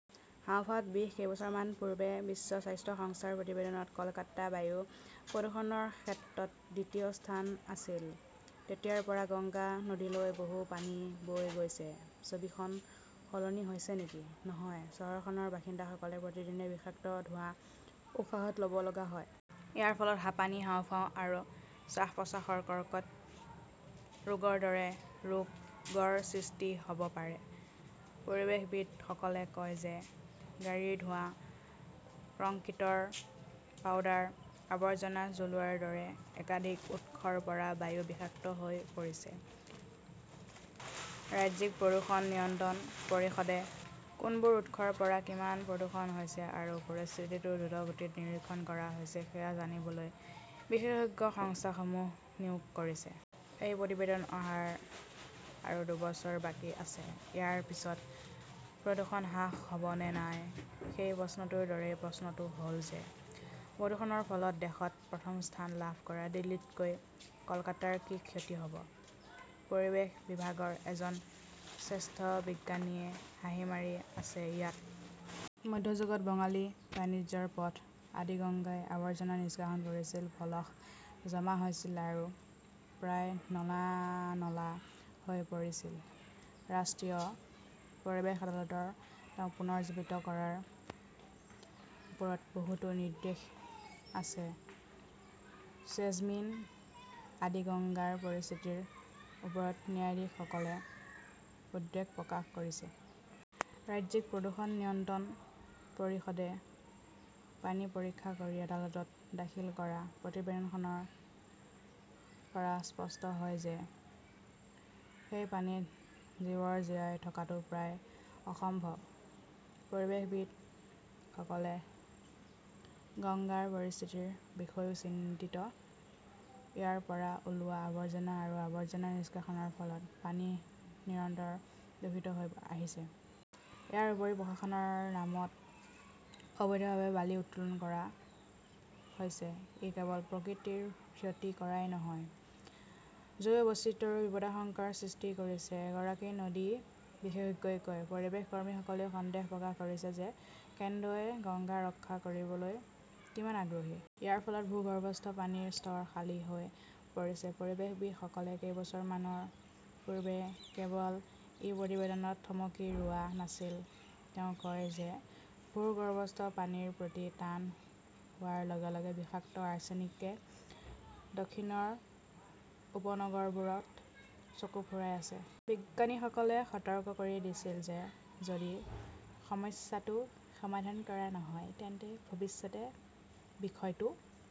হাঁওফাঁওত বিষ কেইবছৰমান পূৰ্বে বিশ্ব স্বাস্থ্য সংস্থাৰ প্ৰতিবেদনত কলকাতা বায়ু প্ৰদূষণৰ ক্ষেত্ৰত দ্বিতীয় স্থানত আছিল। তেতিয়াৰ পৰা গংগা নদীলৈ বহু পানী বৈ গৈছে। ছবিখন সলনি হৈছে নেকি? নহয়, চহৰখনৰ বাসিন্দাসকলে প্ৰতিদিনে বিষাক্ত ধোঁৱা উশাহত লব লগা হয়। ইয়াৰ ফলত হাঁপানি, হাঁওফাঁও আৰু শ্বাস-প্ৰশ্বাসৰ কৰ্কট ৰোগৰ দৰে ৰোগৰ সৃষ্টি হব পাৰে। পৰিৱেশবিদ সকলে কয় যে, গাড়ীৰ ধোঁৱা, কংক্ৰিটৰ পাউডাৰ, আৱৰ্জনা জ্বলোৱাৰ দৰে একাধিক উৎসৰ পৰা বায়ু বিষাক্ত হৈ পৰিছে। ৰাজ্যিক প্ৰদূষণ নিয়ন্ত্ৰণ পৰিষদে কোনবোৰ উৎসৰ পৰা কিমান প্ৰদূষণ হৈছে আৰু পৰিস্থিতিটো দ্ৰুতগতিত নিৰীক্ষণ কৰা হৈছে সেয়া জানিবলৈ বিশেষজ্ঞ সংস্থাসমূহ নিয়োগ কৰিছে। সেই প্ৰতিবেদন অহাৰ আৰু দুবছৰ বাকী আছে। ইয়াৰ পিছত প্ৰদূষণ হ্ৰাস হব নে নাই সেই প্ৰশ্নটোৰ দৰেই প্ৰশ্নটো হল যে, প্ৰদূষণৰ ফলত দেশত প্ৰথম স্থান লাভ কৰা দিল্লীতকৈ কলকাতাৰ কি ক্ষতি হব? পৰিৱেশ বিভাগৰ এজন জ্যেষ্ঠ বিজ্ঞানীয়ে হাঁহি মাৰি আছে। ইয়াত মধ্যযুগত বঙালী বাণিজ্যৰ পথ আদিগংগাই আবৰ্জনা নিষ্কাশন কৰিছিল, পলস জমা হৈছিল আৰু প্ৰায় নলা-নলা হৈ পৰিছিল। ৰাষ্ট্ৰীয় পৰিৱেশ আদালতৰ তেওঁক পুনৰুজ্জীৱিত কৰাৰ ওপৰত বহুতো নিৰ্দেশ আছে। শ্ৰেজমিন আদিগঙ্গাৰ পৰিস্থিতিৰ ওপৰত ন্যায়াধীশসকলে উদ্বেগ প্ৰকাশ কৰিছে। ৰাজ্যিক প্ৰদূষণ নিয়ন্ত্ৰণ পৰিষদে পানী পৰীক্ষা কৰি আদালতত দাখিল কৰা প্ৰতিবেদনৰ পৰা স্পষ্ট হয় যে সেই পানীত জীৱৰ জীয়াই থকাটো প্ৰায় অসম্ভৱ। পৰিৱেশবিদ সকলে গংগাৰ পৰিস্থিতিৰ বিষয়েও চিন্তিত। ইয়াৰ পৰা ওলোৱা আৱৰ্জনা আৰু আৱৰ্জনা নিষ্কাশনৰ ফলত পানী নিৰন্তৰ দূষিত হৈ আহিছে। ইয়াৰ উপৰিও প্ৰশাসনৰ নামত অবৈধভাৱে বালি উত্তোলন কৰা হৈছে। ই কেৱল প্ৰকৃতিৰ ক্ষতি কৰাই নহয়, জৈৱ বৈচিত্ৰ্যৰো বিপদাশংকাৰ সৃষ্টি কৰিছে, এগৰাকী নদী বিশেষজ্ঞই কয়। পৰিৱেশ কৰ্মীসকলেও সন্দেহ প্ৰকাশ কৰিছে যে কেন্দ্ৰই গংগা ৰক্ষা কৰিবলৈ কিমান আগ্ৰহী? ইয়াৰ ফলত ভূগৰ্ভস্থ পানীৰ স্তৰ খালী হৈ পৰিছে। পৰিৱেশবিদ সকলে কেইবছৰমান পূৰ্বে কেৱল এই প্ৰতিবেদনত থমকি ৰোৱা নাছিল। তেওঁ কয় যে ভূগৰ্ভস্থ পানীৰ প্ৰতি টান হোৱাৰ লগে লগে বিষাক্ত আৰ্ছেনিকে দক্ষিণৰ উপনগৰবোৰত চকু ফুৰাই আছে। বিজ্ঞানীসকলে সতৰ্ক কৰি দিছিল যে যদি সমস্যাটো সমাধান কৰা নহয় তেন্তে ভৱিষ্যতে বিষয়টো--